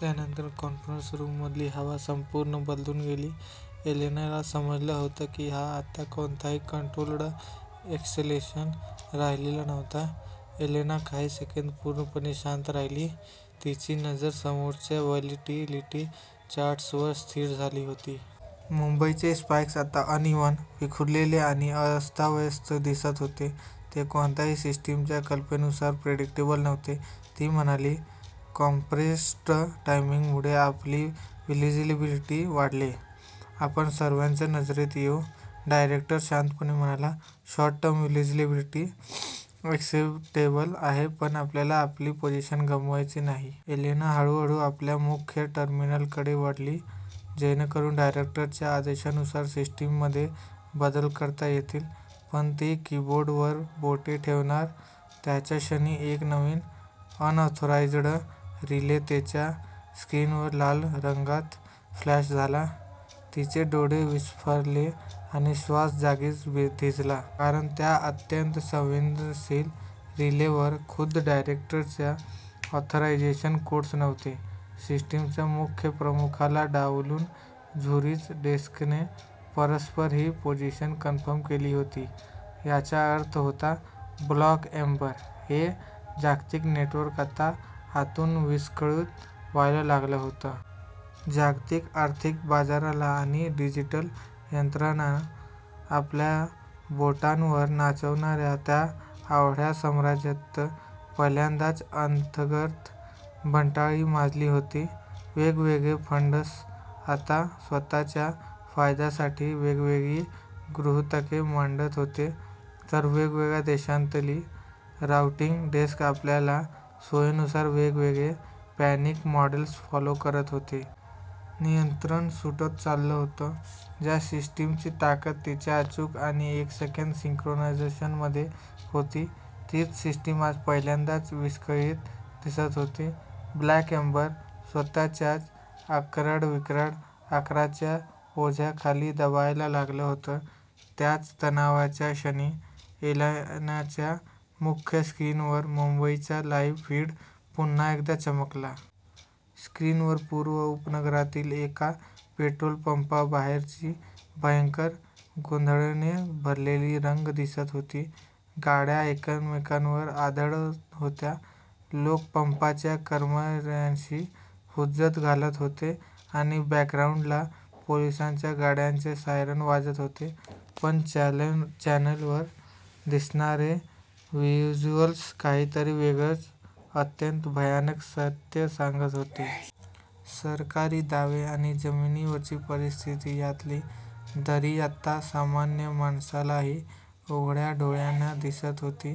त्या नंतर कॉन्फरन्स रूममधली हवा संपूर्ण बदलून गेली. एलेनाला समजलं होतं कि हा आता कोणताही कंट्रोल्ड एस्केलेशन राहिलेला नव्हता. एलेना काही सेकंद पूर्णपणे शांत राहिली. तिची नजर समोरच्या व्होलॅटिलिटी चार्ट्सवर स्थिर झाली होती. मुंबईचे स्पाईक्स आता अनइव्हन, विखुरलेले आणि अस्ताव्यस्त दिसत होते. ते कोणत्याही सिस्टीमच्या कल्पनेनुसार प्रेडिक्टेबल नव्हते. ती म्हणाली, कॉम्प्रेस्ड टायमिंगमुळे आपली व्हिजिबिलिटी वाढेल. आपण सर्वांच्या नजरेत येऊ. डायरेक्टर शांतपणे म्हणाला, "शॉर्ट-टर्म व्हिजिबिलिटी एक्सेप्टेबल आहे, पण आपल्याला आपली पोझिशन गमवायची नाही." एलेना हळूहळू आपल्या मुख्य टर्मिनलकडे वळली, जेणेकरून डायरेक्टरच्या आदेशानुसार सिस्टीममध्ये बदल करता येतील. पण ती कीबोर्डवर बोटे ठेवणार, त्याच क्षणी एक नवीन, अनऑथराईज्ड रिले तिच्या स्क्रीनवर लाल रंगात फ्लॅश झाला: तिचे डोळे विस्फारले आणि श्वास जागीच थिजला. कारण त्या अत्यंत संवेदनशील रिलेवर खुद्द डायरेक्टरचे ऑथरायझेशन कोड्स नव्हते. सिस्टीमच्या मुख्य प्रमुखाला डावलून झुरिच डेस्कने परस्पर ही पोझिशन कन्फर्म केली होती. याचा अर्थ होता 'ब्लॅक एम्बर' हे जागतिक नेटवर्क आता आतून विस्कळीत व्हायला लागलं होतं. जागतिक आर्थिक बाजाराला आणि डिजिटल यंत्रणांना आपल्या बोटांवर नाचवणाऱ्या त्या अवाढव्य साम्राज्यात पहिल्यांदाच अंतर्गत बंडाळी माजली होती. वेगवेगळे फंड्स आता स्वतःच्या फायद्यासाठी वेगवेगळी गृहीतके मांडत होते, तर वेगवेगळ्या देशांतील राउटिंग डेस्क आपापल्या सोयीनुसार वेगवेगळे पॅनिक मॉडेल्स फॉलो करत होते. नियंत्रण सुटत चाललं होतं. ज्या सिस्टीमची ताकद तिच्या अचूक आणि एकसंध सिंक्रोनायझेशनमध्ये होती, तीच सिस्टीम आज पहिल्यांदाच विस्कळीत दिसत होती. 'ब्लॅक एम्बर' स्वतःच्याच अक्राळविक्राळ आकाराच्या ओझ्याखाली दबायला लागलं होतं. त्याच तणावाच्या क्षणी, एलेनाच्या मुख्य स्क्रीनवर मुंबईचा लाईव्ह फीड पुन्हा एकदा चमकला. स्क्रीनवर पूर्व उपनगरातील एका पेट्रोल पंपाबाहेरची भयंकर, गोंधळाने भरलेली रांग दिसत होती. गाड्या एकमेकांवर आदळत होत्या, लोक पंपाच्या कर्मचाऱ्यांशी हुज्जत घालत होते आणि बॅकग्राउंडला पोलिसांच्या गाड्यांचे सायरन वाजत होते. पण चॅनेलवर दिसणारे व्हिज्युअल्स काहीतरी वेगळंच, अत्यंत भयानक सत्य सांगत होते. सरकारी दावे आणि जमिनीवरची परिस्थिती यातली दरी आता सामान्य माणसालाही उघड्या डोळ्यांनी दिसत होती.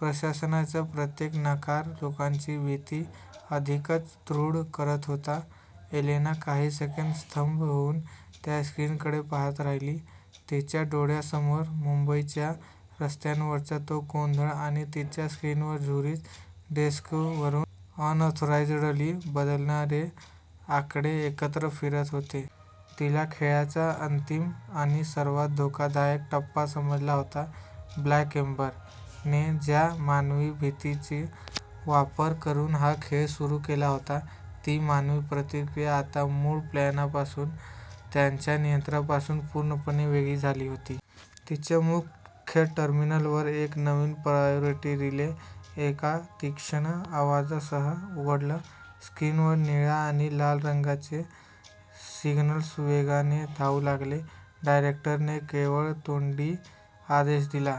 प्रशासनाचा प्रत्येक नकार लोकांची भीती अधिकच दृढ करत होता. एलेना काही सेकंद स्तब्ध होऊन त्या स्क्रीनकडे पाहत राहिली. तिच्या डोळ्यांसमोर मुंबईच्या रस्त्यांवरचा तो गोंधळ आणि तिच्या स्क्रीनवर झुरिच डेस्कवरून अनऑथराईज्डली बदलणारे आकडे एकत्र फिरत होते. तिला खेळाचा अंतिम आणि सर्वात धोकादायक टप्पा समजला होता. 'ब्लॅक एम्बर'ने ज्या मानवी भीतीचा वापर करून हा खेळ सुरू केला होता, ती मानवी प्रतिक्रिया आता मूळ प्लॅनपासून, त्यांच्या नियंत्रणापासून पूर्णपणे वेगळी झाली होती. तिच्या मुख्य टर्मिनलवर एक नवीन प्रायोरिटी रिले एका तीक्ष्ण आवाजासह उघडलं. स्क्रीनवर निळ्या आणि लाल रंगाचे सिग्नल्स वेगाने धावू लागले. डायरेक्टरने केवळ तोंडी आदेश दिला